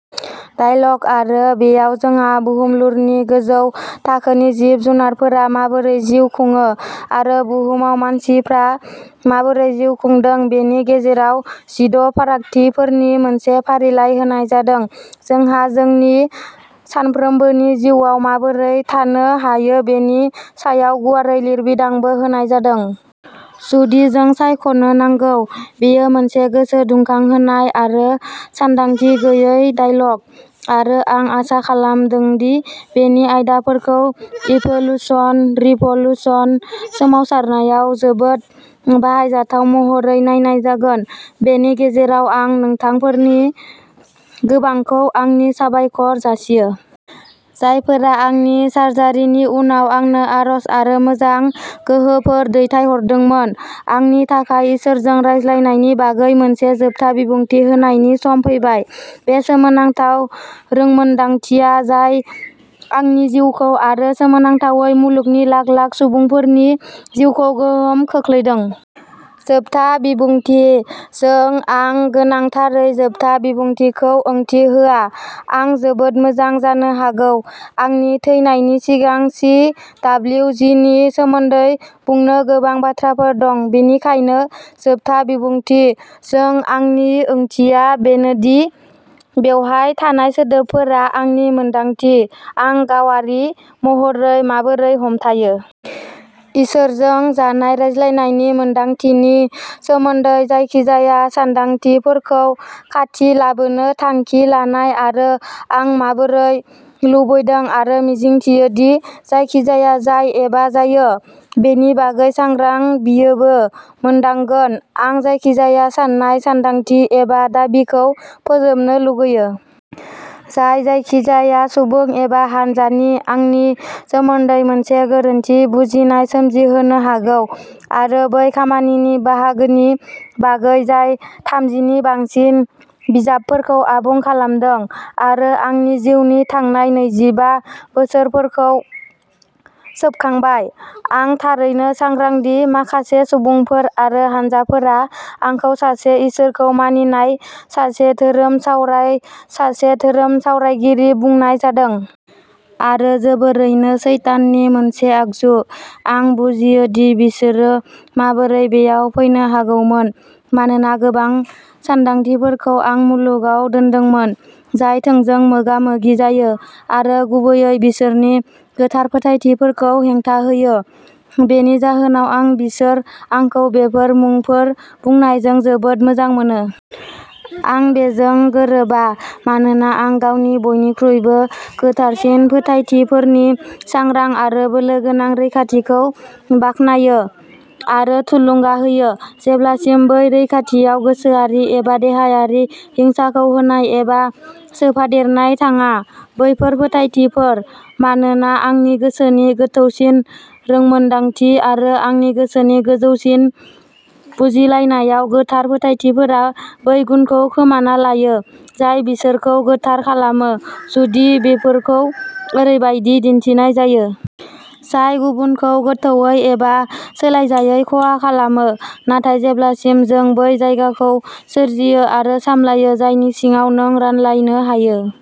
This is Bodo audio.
डायलग आरो बेयाव जोंहा बुहुमलुरनि गोजौ थाखोनि जिब-जुनारफोरा माबोरै जिउ खुङो आरो बुहुमाव मानसिफ्रा माबोरै जिउ खुंदों बेनि गेजेराव जिद’ फारागथिफोरनि मोनसे फारिलाइ होनाय जादों। जोंहा जोंनि सानफ्रोमबोनि जिउआव माबोरै थानो हायो बेनि सायाव गुवारै लिरबिदांबो होनाय जादों। जुदि जों सायख'नो नांगौ। बेयो मोनसे गोसो दुंखांहोनाय आरो सानदांथि गैयै डायलग आरो आं आसा खालामदों दि बेनि आयदाफोरखौ इभोलुसन रिभ'लुसन सोमावसारनायाव जोबोद बाहायजाथाव महरै नायनाय जागोन। बेनि गेजेराव आं नोंथांफोरनि गोबांखौ आंनि साबायखर जासियो। जायफोरा आंनि सारजारिनि उनाव आंनो आरज आरो मोजां गोहोफोर दैथायहरदोंमोन। आंनि थाखाय इसोरजों रायज्लायनायनि बागै मोनसे जोबथा बिबुंथि होनायनि सम फैबाय। बे सोमोनांथाव रोंमोनदांथिया जाय आंनि जिउखौ आरो सोमोनांथावै मुलुगनि लाख लाख सुबुंफोरनि जिउखौ गोहोम खोख्लैदों। जोबथा बिबुंथि जों आं गोनांथारै जोबथा बिबुंथिखौ ओंथि होआ। आं जोबोद मोजां जानो हागौ। आंनि थैनायनि सिगां चि.दाब्लिउ. जि. नि सोमोन्दै बुंनो गोबां बाथ्राफोर दं। बेनिखायनो जोबथा बिबुंथि जों आंनि ओंथिया बेनोदि बेवहाय थानाय सोदोबफोरा आंनि मोन्दांथि आं गावारि महरै माबोरै हमथायो। इसोरजों जानाय रायज्लायनायनि मोन्दांथिनि सोमोन्दै जायखिजाया सान्दांथिफोरखौ खाथि लाबोनो थांखि लानाय आरो आं माबोरै लुबैदों आरो मिजिंथियो दि जायखिजाया जाय एबा जायो। बेनि बागै सांग्रां बियोबो मोनदांगोन। आं जायखिजाया साननाय, सानदांथि, एबा दाबिखौ फोजोबनो लुगैयो। जाय जायखिजाया सुबुं एबा हान्जानि आंनि सोमोन्दै मोनसे गोरोन्थि बुजिनाय सोमजिहोनो हागौ आरो बै खामानिनि बाहागोनि बागै जाय थामजि नि बांसिन बिजाबफोरखौ आबुं खालामदों आरो आंनि जिउनि थांनाय नैजि बा बोसोरफोरखौ सोबखांबाय। आं थारैनो सांग्रां दि माखासे सुबुंफोर आरो हानजाफोरा आंखौ सासे इसोरखौ मानिनाय सासे धोरोम सावराय सासे धोरोम सावरायगिरि बुंनाय जादों। आरो जोबोरैनो सैताननि मोनसे आगजु। आं बुजियो दि बिसोरो माबोरै बेयाव फैनो हागौमोन। मानोना गोबां सानदांथिफोरखौ आं मुलुगाव दोनदोंमोन। जाय थोंजों मोगा-मोगि जायो आरो गुबैयै बिसोरनि गोथार फोथायथिफोरखौ हेंथा होयो। बेनि जाहोनाव आं बिसोर आंखौ बेफोर मुंफोर बुंनायजों जोबोद मोजां मोनो। आं बेजों गोरोबा मानोना आं गावनि बयनिख्रुइबो गोथारसिन फोथायथिफोरनि सांग्रां आरो बोलोगोनां रैखाथिखौ बाखनायो आरो थुलुंगा होयो। जेब्लासिम बै रैखाथियाव गोसोआरि एबा देहायारि हिंसाखौ होनाय एबा सोफादेरनाय थाङा। बैफोर फोथायथिफोर। मानोना आंनि गोसोनि गोथौसिन रोंमोनदांथि आरो आंनि गोसोनि गोजौसिन बुजिलायनायाव गोथार फोथायथिफोरा बै गुनखौ खोमाना लायो जाय बिसोरखौ गोथार खालामो जुदि बेफोरखौ ओरैबायदि दिन्थिनाय जायो। जाय गुबुनखौ गोथौवै एबा सोलायजायै खहा खालामो। नाथाय जेब्लासिम जों बै जायगाखौ सोरजियो आरो सामलायो जायनि सिङाव नों रानलायनो हायो।